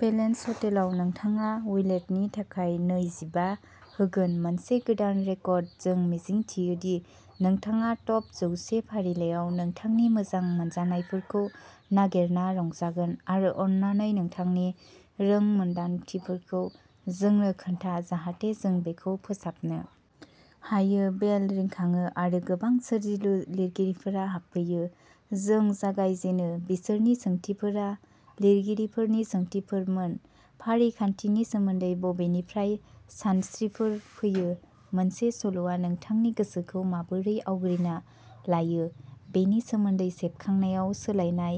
palace ह'टेलाव नोंथाङा वैलेटनि थाखाय नै जिबा होगोन मोनसे गोदान रेकर्ड जों मिजिंथियो दि नोंथाङा टप जौवसे फारिलाइयाव नोंथांनि मोजां मोनजानायफोरखौ नागिरना रंजागोन आरो अन्नानै नोंथांनि रोंमोनदांथिफोरखौ जोंनो खोन्था जाहाथे जों बेखौ फोसाबनो हायो बेल रिंखाङो आरो गोबां सोरजिलु लिरगिरिफोरा हाबफैयो जों जागायजेनो बिसोरनि सोंथिफोरा लिरगिरिफोरनि सोंथिफोरमोन फारिखान्थिनि सोमोन्दै बबेनिफ्राय सानस्रिफोर फैयो मोनसे सल'आ नोंथांनि गोसोखौ माबोरै आवग्रिना लायो बेनि सोमोन्दै सेबखांनायाव सोलायनाय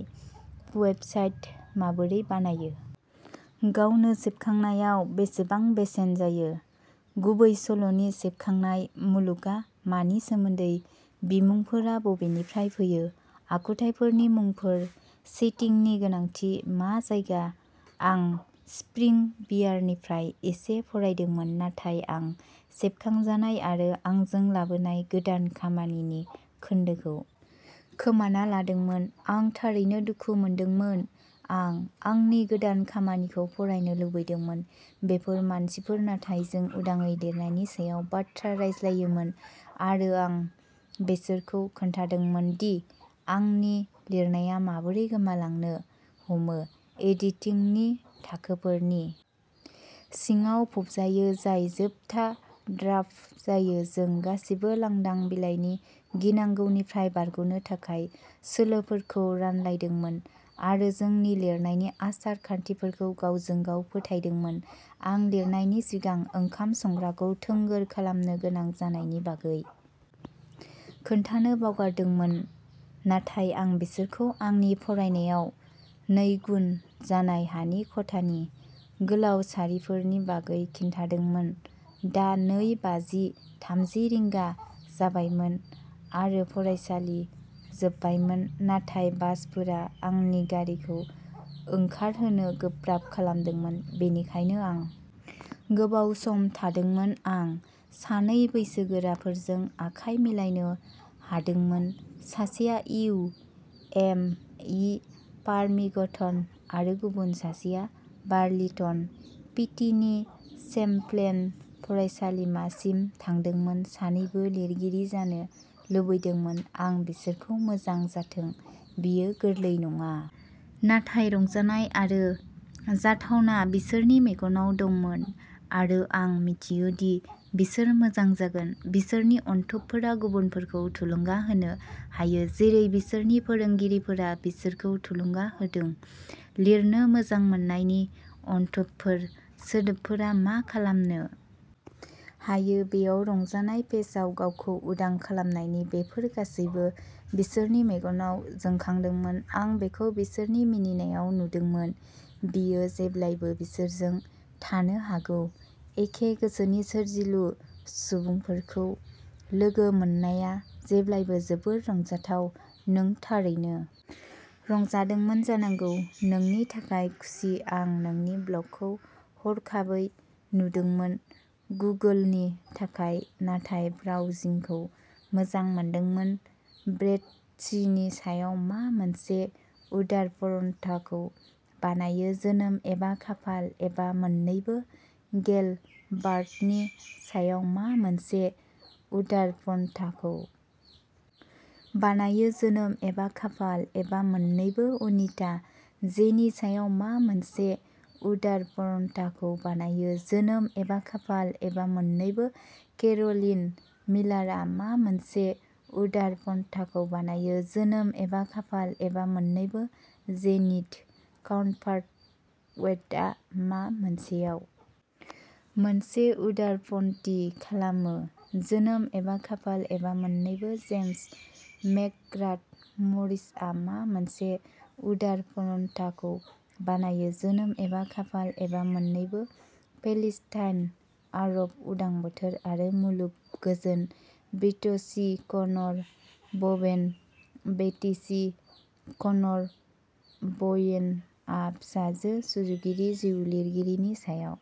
वेबसाइट माबोरै बानायो गावनो सेबखांनायाव बेसेबां बेसेन जायो गुबैसल'नि सेबखांनाय मुलुगआ मानि सोमोन्दै बिमुंफोरा बबेनिफ्राय फैयो आखुथाइफोरनि मुंफोर सेटिंनि गोनांथि मा जायगा आं स्प्रिं बियारनिफ्राय एसे फरायदोंमोन नाथाय आं सेबखांजानाय आरो आंजों लाबोनाय गोदान खामानिनि खोन्दोखौ खोमाना लादोंमोन आं थारैनो दुखु मोनदोंमोन आं आंनि गोदान खामानिखौ फरायनो लुबैदोंमोन बेफोर मानसिफोर नाथाय जों उदाङै लिरनायनि सायाव बाथ्रा रायज्लायोमोन आरो आं बिसोरखौ खिन्थादोंमोन दि आंनि लिरनाया माबोरै गोमालांनो हमो एडिटिंगनि थाखोफोरनि सिङाव फबजायो जाय जोबथा ड्राफ्ट जायो जों गासिबो लांदां बिलाइनि गिनांगौनिफ्राय बारग'नो थाखाय सोलोफोरखौ रानलायदोंमोन आरो जोंनि लिरनायनि आसार खान्थिफोरखौ गावजों गाव फोथायदोंमोन आं लिरनायनि सिगां ओंखाम संग्राखौ थोंगोर खालामनो गोनां जानायनि बागै खोन्थानो बावगारदोंमोन नाथाय आं बिसोरखौ आंनि फरायनायाव नैगुन जानाय हानि खथानि गोलाव सारिफोरनि बागै खिन्थादोंमोन दा नै बाजि थामजि रिंगा जाबायमोन आरो फरायसालि जोबबायमोन नाथाय बासफोरा आंनि गारिखौ ओंखारहोनो गोब्राब खालामदोंमोन बेनिखायनो आं गोबाव सम थादोंमोन आं सानै बैसोगोराफोरजों आखाय मिलायनो हादोंमोन सासेया इउ एम इ फार्मिंगटन आरो गुबुन सासेया बार्लिंटन भिटिनि चेम्प्लेन फरायसालिमासिम थांदोंमोन सानैबो लिरगिरि जानो लुबैदोंमोन आं बिसोरखौ मोजां जाथों बेयो गोरलै नङा नाथाय रंजानाय आरो जाथावना बिसोरनि मेगनाव दंमोन आरो आं मिथियो दि बिसोर मोजां जागोन बिसोरनि अनथोबफोरा गुबुनफोरखौ थुलुंगा होनो हायो जेरै बिसोरनि फोरोंगिरिफोरा बिसोरखौ थुलुंगा होदों लिरनो मोजां मोननायनि अनथोबफोर सोदोबफोरा मा खालामनो हायो बेयाव रंजानाय पेजआव गावखौ उदां खालामनायनि बेफोर गासैबो बिसोरनि मेगनाव जोंखांदोंमोन आं बेखौ बिसोरनि मिनिनायाव नुदोंमोन बेयो जेब्लाबो बिसोरजों थानो हागौ एखे गोसोनि सोरजिलु सुबुंफोरखौ लोगो मोननाया जेब्लाबो जोबोद रंजाथाव नों थारैनो रंजादोंमोन जानांगौ नोंनि थाखाय खुसि आं नोंनि ब्लगखौ हरखाबै नुदोंमोन गुगोलनि थाखाय नाथाय ब्राउजिंखौ मोजां मोनदोंमोन बेट्सीनि सायाव मा मोनसे उदारपन्थाखौ बानायो जोनोम एबा खाफाल एबा मोन्नैबो गेल बार्कनि सायाव मा मोनसे उदारपन्थाखौ बानायो जोनोम एबा खाफाल एबा मोन्नैबो अनिता जेनि सायाव मा मोनसे उदारपन्थाखौ बानायो जोनोम एबा खाफाल एबा मोन्नैबो केर'लिन मिलारआ मा मोनसे उदारपन्थाखौ बानायो जोनोम एबा खाफाल एबा मोन्नैबो जेनेट काउपार्थवेटआ मा मोनसेआव मोनसे उदारपन्थी खालामो जोनोम एबा खाफाल एबा मोननैबो जेम्स मेकग्राथ मरिसआ मा मोनसे उदारपन्थाखौ बानायो जोनोम एबा खाफाल एबा मोन्नैबो पेलेस्टाइन आरब उदां बोथोर आरो मुलुग गोजोन-बेट्सी कनर बबेन बेटसी कनर बवेनआ फिसाजो सुजुगिरि जिउ लिरगिरिनि सायाव